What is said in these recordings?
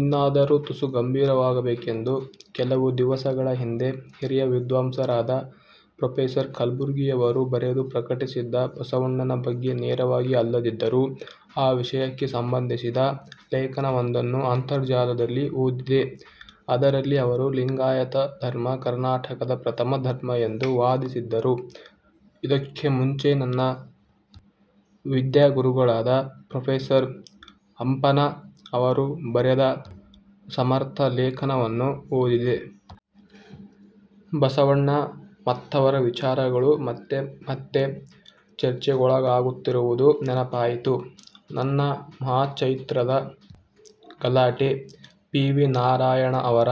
ಇನ್ನಾದರೂ ತುಸು ಗಂಭೀರವಾಗಬೇಕೆಂದು ಕೆಲವು ದಿವಸಗಳ ಹಿಂದೆ ಹಿರಿಯ ವಿದ್ವಾಂಸರಾದ ಪ್ರೊಫೆಸರ್ ಕಲಬುರ್ಗಿಯವರು ಬರೆದು ಪ್ರಕಟಿಸಿದ್ದ ಬಸವಣ್ಣನ ಬಗ್ಗೆ ನೇರವಾಗಿ ಅಲ್ಲದಿದ್ದರೂ ಆ ವಿಷಯಕ್ಕೇ ಸಂಬಂಧಿಸಿದ ಲೇಖನವೊಂದನ್ನು ಅಂತರ್ಜಾಲದಲ್ಲಿ ಓದಿದೆ. ಅದರಲ್ಲಿ ಅವರು ಲಿಂಗಾಯತ ಧರ್ಮ ಕರ್ನಾಟಕದ ಪ್ರಥಮ ಧರ್ಮ ಎಂದು ವಾದಿಸಿದ್ದರು. ಇದಕ್ಕೆ ಮುಂಚೆ ನನ್ನ ವಿದ್ಯಾಗುರುಗಳಾದ ಪ್ರೊಫೆಸರ್ ಹಂಪನಾ ಅವರು ಬರೆದ ಸಮರ್ಥ ಲೇಖನವನ್ನೂ ಓದಿದೆ. ಬಸವಣ್ಣ ಮತ್ತವರ ವಿಚಾರಗಳು ಮತ್ತೆ ಮತ್ತೆ ಚರ್ಚೆಗೊಳಗಾಗುತ್ತಿರುವುದು ನೆನಪಾಯಿತು. ನನ್ನ 'ಮಹಾಚೈತ್ರ'ದ ಗಲಾಟೆ, ಪಿ. ವಿ. ನಾರಾಯಣ ಅವರ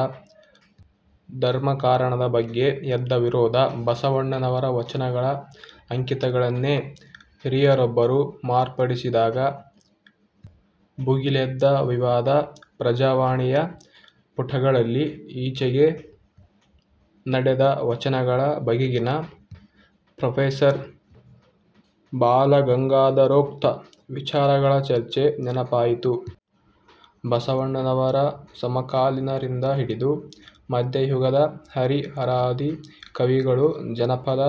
'ಧರ್ಮಕಾರಣ'ದ ಬಗ್ಗೆ ಎದ್ದ ವಿರೋಧ, ಬಸವಣ್ಣನವರ ವಚನಗಳ ಅಂಕಿತಗಳನ್ನೇ ಹಿರಿಯರೊಬ್ಬರು ಮಾರ್ಪಡಿಸಿದಾಗ ಭುಗಿಲೆದ್ದ ವಿವಾದ, 'ಪ್ರಜಾವಾಣಿ'ಯ ಪುಟಗಳಲ್ಲಿ ಈಚೆಗೆ ನಡೆದ ವಚನಗಳ ಬಗೆಗಿನ ಪ್ರೊಫೆಸರ್ ಬಾಲಗಂಗಾಧರೋಕ್ತ ವಿಚಾರಗಳ ಚರ್ಚೆ ನೆನಪಾಯಿತು. ಬಸವಣ್ಣನವರ ಸಮಕಾಲೀನರಿಂದ ಹಿಡಿದು ಮಧ್ಯಯುಗದ ಹರಿಹರಾದಿ ಕವಿಗಳು ಜನಪದ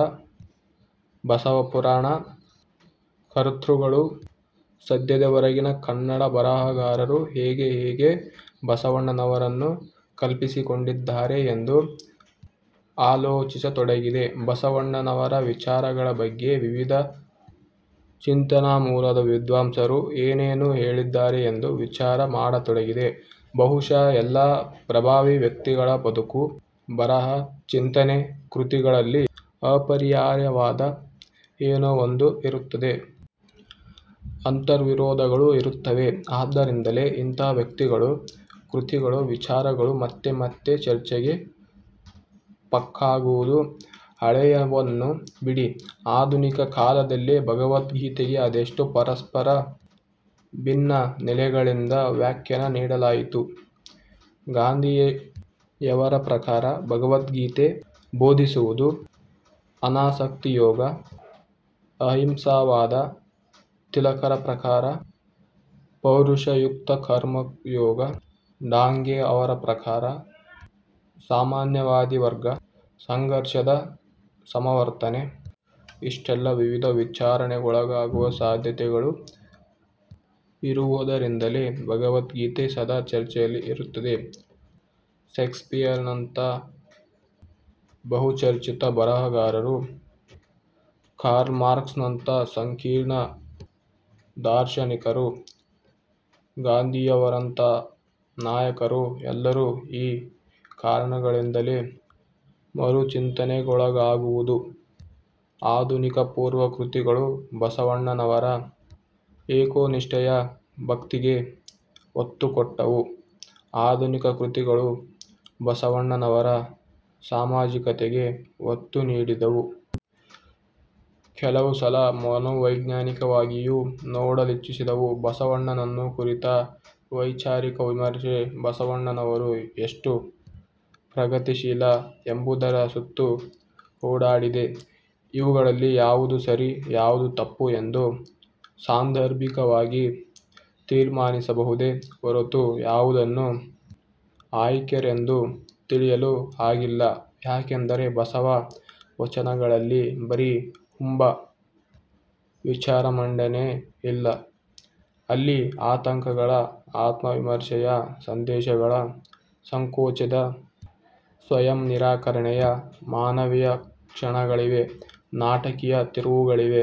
ಬಸವಪುರಾಣ ಕರ್ತೃಗಳು ಸದ್ಯದವರೆಗಿನ ಕನ್ನಡ ಬರಹಗಾರರು ಹೇಗೆ ಹೇಗೆ ಬಸವಣ್ಣನವರನ್ನು ಕಲ್ಪಿಸಿಕೊಂಡಿದ್ದಾರೆ ಎಂದು ಆಲೋಚಿಸತೊಡಗಿದೆ. ಬಸವಣ್ಣನವರ ವಿಚಾರಗಳ ಬಗ್ಗೆ ವಿವಿಧ ಚಿಂತನಾಮೂಲದ ವಿದ್ವಾಂಸರು ಏನೇನು ಹೇಳಿದ್ದಾರೆ ಎಂದು ವಿಚಾರ ಮಾಡತೊಡಗಿದೆ. ಬಹುಶಃ ಎಲ್ಲ ಪ್ರಭಾವಿ ವ್ಯಕ್ತಿಗಳ ಬದುಕು, ಬರಹ, ಚಿಂತನೆ, ಕೃತಿಗಳಲ್ಲಿ ಅಪರಿಹಾರ್ಯವಾದ ಏನೋ ಒಂದು ಇರುತ್ತದೆ. ಅಂತರ್ವಿರೋಧಗಳೂ ಇರುತ್ತವೆ. ಆದ್ದರಿಂದಲೇ ಇಂಥ ವ್ಯಕ್ತಿಗಳು, ಕೃತಿಗಳು, ವಿಚಾರಗಳು ಮತ್ತೆ ಮತ್ತೆ ಚರ್ಚೆಗೆ ಪಕ್ಕಾಗುವುದು. ಹಳೆಯವನ್ನು ಬಿಡಿ, ಆಧುನಿಕ ಕಾಲದಲ್ಲೇ 'ಭಗವದ್ಗೀತೆ'ಗೆ ಅದೆಷ್ಟು ಪರಸ್ಪರ ಭಿನ್ನ ನೆಲೆಗಳಿಂದ ವ್ಯಾಖ್ಯಾನ ನೀಡಲಾಯಿತು? ಗಾಂಧಿಯವರ ಪ್ರಕಾರ 'ಭಗವದ್ಗೀತೆ' ಬೋಧಿಸುವುದು ಅನಾಸಕ್ತಿಯೋಗ, ಅಹಿಂಸಾವಾದ, ತಿಲಕರ ಪ್ರಕಾರ ಪೌರುಷಯುಕ್ತಕರ್ಮಯೋಗ, ಡಾಂಗೆ ಅವರ ಪ್ರಕಾರ ಸಾಮ್ಯವಾದಿ ವರ್ಗ ಸಂಘರ್ಷದ ಸಮರ್ಥನೆ. ಇಷ್ಟೆಲ್ಲಾ ವಿವಿಧ ವಿವರಣೆಗೊಳಗಾಗುವ ಸಾಧ್ಯತೆಗಳು ಇರುವುದರಿಂದಲೇ 'ಭಗವದ್ಗೀತೆ' ಸದಾ ಚರ್ಚೆಯಲ್ಲಿ ಇರುತ್ತದೆ. ಷೇಕ್ಸ್ಪಿಯರನಂಥ ಬಹುಚರ್ಚಿತ ಬರಹಗಾರರು, ಕಾರ್ಲ್ಮಾರ್ಕ್ಸ್ನಂಥ ಸಂಕೀರ್ಣ ದಾರ್ಶನಿಕರು, ಗಾಂಧಿಯವರಂಥ ನಾಯಕರು ಎಲ್ಲರೂ ಈ ಕಾರಣಗಳಿಂದಲೇ ಮರುಚಿಂತನೆಗೊಳಗಾಗುವುದು. ಆಧುನಿಕಪೂರ್ವ ಕೃತಿಗಳು ಬಸವಣ್ಣನವರ ಏಕೋನಿಷ್ಠೆಯ ಭಕ್ತಿಗೆ ಒತ್ತುಕೊಟ್ಟವು; ಆಧುನಿಕ ಕೃತಿಗಳು ಬಸವಣ್ಣನವರ ಸಾಮಾಜಿಕತೆಗೆ ಒತ್ತು ನೀಡಿದವು. ಕೆಲವು ಸಲ ಮನೋವೈಜ್ಞಾನಿಕವಾಗಿಯೂ ನೋಡಲಿಚ್ಛಿಸಿದವು. ಬಸವಣ್ಣನನ್ನು ಕುರಿತ ವೈಚಾರಿಕ ವಿಮರ್ಶೆ ಬಸವಣ್ಣನವರು ಎಷ್ಟು 'ಪ್ರಗತಿಶೀಲ' ಎಂಬುದರ ಸುತ್ತ ಓಡಾಡಿದೆ. ಇವುಗಳಲ್ಲಿ ಯಾವುದು ಸರಿ ಯಾವುದು ತಪ್ಪು ಎಂದು ಸಾಂದರ್ಭಿಕವಾಗಿ ತೀರ್ಮಾನಿಸಬಹುದೆ ಹೊರತು ಯಾವುದನ್ನೂ ಆಖೈರೆಂದು ತಿಳಿಯುವ ಹಾಗಿಲ್ಲ. ಯಾಕೆಂದರೆ ಬಸವ ವಚನಗಳಲ್ಲಿ ಬರೀ ಹುಂಬ ವಿಚಾರಮಂಡನೆಯಿಲ್ಲ; ಅಲ್ಲಿ ಆತಂಕಗಳ, ಆತ್ಮವಿಮರ್ಶೆಯ, ಸಂದೇಹಗಳ, ಸಂಕೋಚದ, ಸ್ವಯಂನಿರಾಕರಣೆಯ ಮಾನವೀಯ ಕ್ಷಣಗಳಿವೆ, ನಾಟಕೀಯ ತಿರುವುಗಳಿವೆ.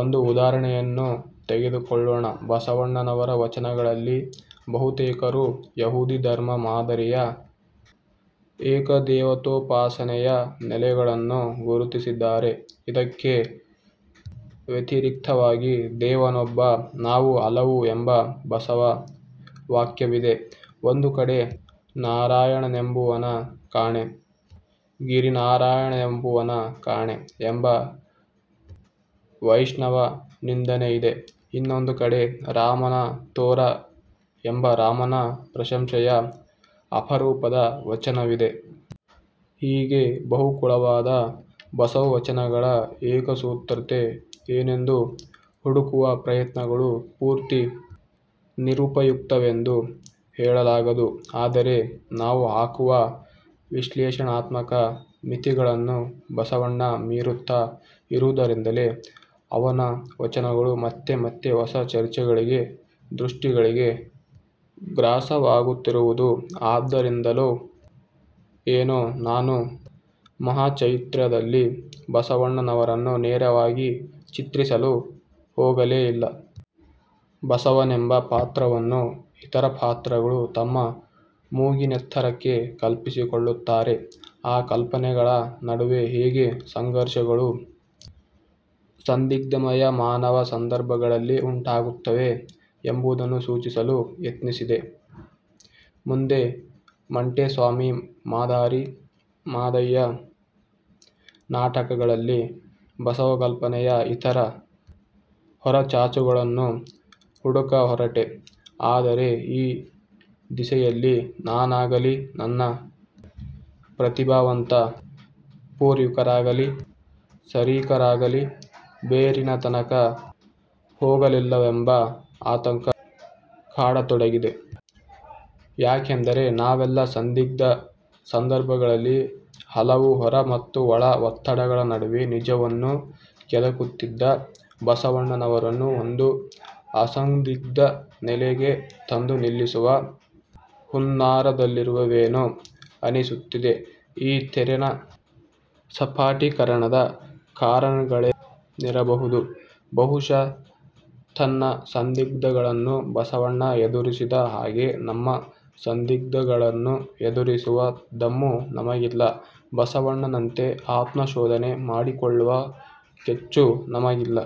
ಒಂದು ಉದಾಹರಣೆಯನ್ನು ತೆಗೆದುಕೊಳ್ಳೋಣ. ಬಸವಣ್ಣನವರ ವಚನಗಳಲ್ಲಿ ಬಹುತೇಕರು ಯಹೂದಿ ಧರ್ಮ ಮಾದರಿಯ ಏಕದೇವತೋಪಾಸನೆಯ ನೆಲೆಗಳನ್ನು ಗುರುತಿಸಿದ್ದಾರೆ. ಇದಕ್ಕೆ ವ್ಯತಿರಿಕ್ತವಾಗಿ 'ದೇವನೊಬ್ಬ, ನಾಮ ಹಲವು' ಎಂಬ ಬಸವ ವಾಕ್ಯವಿದೆ. ಒಂದು ಕಡೆ 'ನಾರಾಯಣನೆಂಬುವನ ಕಾಣೆ, ಗೀರಾಯಣನೆಂಬುವನ ಕಾಣೆ' ಎಂಬ ವೈಷ್ಣವ ನಿಂದನೆಯಿದೆ. ಇನ್ನೊಂದು ಕಡೆ 'ರಾಮನ ತೋರಾ' ಎಂಬ ರಾಮನ ಪ್ರಶಂಸೆಯ ಅಪರೂಪದ ವಚನವಿದೆ. ಹೀಗೆ ಬಹುಕುಳವಾದ ಬಸವವಚನಗಳ ಏಕಸೂತ್ರತೆ ಏನೆಂದು ಹುಡುಕುವ ಪ್ರಯತ್ನಗಳು ಪೂರ್ತಿ ನಿರುಪಯುಕ್ತವೆಂದು ಹೇಳಲಾಗದು. ಆದರೆ ನಾವು ಹಾಕುವ ವಿಶ್ಲೇಷಣಾತ್ಮಕ ಮಿತಿಗಳನ್ನು ಬಸವಣ್ಣ ಮೀರುತ್ತ ಇರುವುದರಿಂದಲೇ ಅವನ ವಚನಗಳು ಮತ್ತೆ ಮತ್ತೆ ಹೊಸ ಚರ್ಚೆಗಳಿಗೆ, ದೃಷ್ಟಿಗಳಿಗೆ ಗ್ರಾಸವಾಗುತ್ತಿರುವುದು. ಆದ್ದರಿಂದಲೋ ಏನೋ ನಾನು 'ಮಹಾಚೈತ್ರ'ದಲ್ಲಿ ಬಸವಣ್ಣನವರನ್ನು ನೇರವಾಗಿ ಚಿತ್ರಿಸಲು ಹೋಗಲೇ ಇಲ್ಲ. ಬಸವನೆಂಬ ಪಾತ್ರವನ್ನು ಇತರ ಪಾತ್ರಗಳು ತಮ್ಮ ಮೂಗಿನೆತ್ತರಕ್ಕೆ ಕಲ್ಪಿಸಿಕೊಳ್ಳುತ್ತಾರೆ, ಆ ಕಲ್ಪನೆಗಳ ನಡುವೆ ಹೇಗೆ ಸಂಘರ್ಷಗಳು ಸಂದಿಗ್ಧಮಯ ಮಾನವ ಸಂದರ್ಭಗಳಲ್ಲಿ ಉಂಟಾಗುತ್ತವೆ ಎಂಬುದನ್ನು ಸೂಚಿಸಲು ಯತ್ನಿಸಿದೆ. ಮುಂದೆ 'ಮಂಟೇಸ್ವಾಮಿ', 'ಮಾದಾರಿ ಮಾದಯ್ಯ' ನಾಟಕಗಳಲ್ಲಿ ಬಸವಕಲ್ಪನೆಯ ಇತರ ಹೊರಚಾಚುಗಳನ್ನು ಹುಡುಕ ಹೊರಟೆ. ಆದರೆ ಈ ದಿಸೆಯಲ್ಲಿ ನಾನಾಗಲೀ ನನ್ನ ಪ್ರತಿಭಾವಂತ ಪೂರ್ವಿಕರಾಗಲಿ ಸರೀಕರಾಗಲಿ ಬೇರಿನ ತನಕ ಹೋಗಲಿಲ್ಲವೆಂಬ ಆತಂಕ ಕಾಡತೊಡಗಿದೆ. ಯಾಕೆಂದರೆ ನಾವೆಲ್ಲ ಸಂದಿಗ್ಧ ಸಂದರ್ಭಗಳಲ್ಲಿ ಹಲವು ಹೊರ ಮತ್ತು ಒಳ ಒತ್ತಡಗಳ ನಡುವೆ ನಿಜವನ್ನು ಕೆದಕುತ್ತಿದ್ದ ಬಸವಣ್ಣನವರನ್ನು ಒಂದು ಅಸಂದಿಗ್ಧ ನೆಲೆಗೆ ತಂದು ನಿಲ್ಲಿಸುವ ಹುನ್ನಾರದಲ್ಲಿರುವೆವೇನೋ ಅನಿಸುತ್ತಿದೆ. ಈ ತೆರನ ಸಪಾಟೀಕರಣದ ಕಾರಣಗಳೇನಿರಬಹುದು? ಬಹುಶಃ ತನ್ನ ಸಂದಿಗ್ಧಗಳನ್ನು ಬಸವಣ್ಣ ಎದುರಿಸಿದ ಹಾಗೆ ನಮ್ಮ ಸಂದಿಗ್ಧಗಳನ್ನು ಎದುರಿಸುವ ದಮ್ಮು ನಮಗಿಲ್ಲ. ಬಸವಣ್ಣನಂತೆ ಆತ್ಮಶೋಧನೆ ಮಾಡಿಕೊಳ್ಳುವ ಕೆಚ್ಚು ನಮಗಿಲ್ಲ.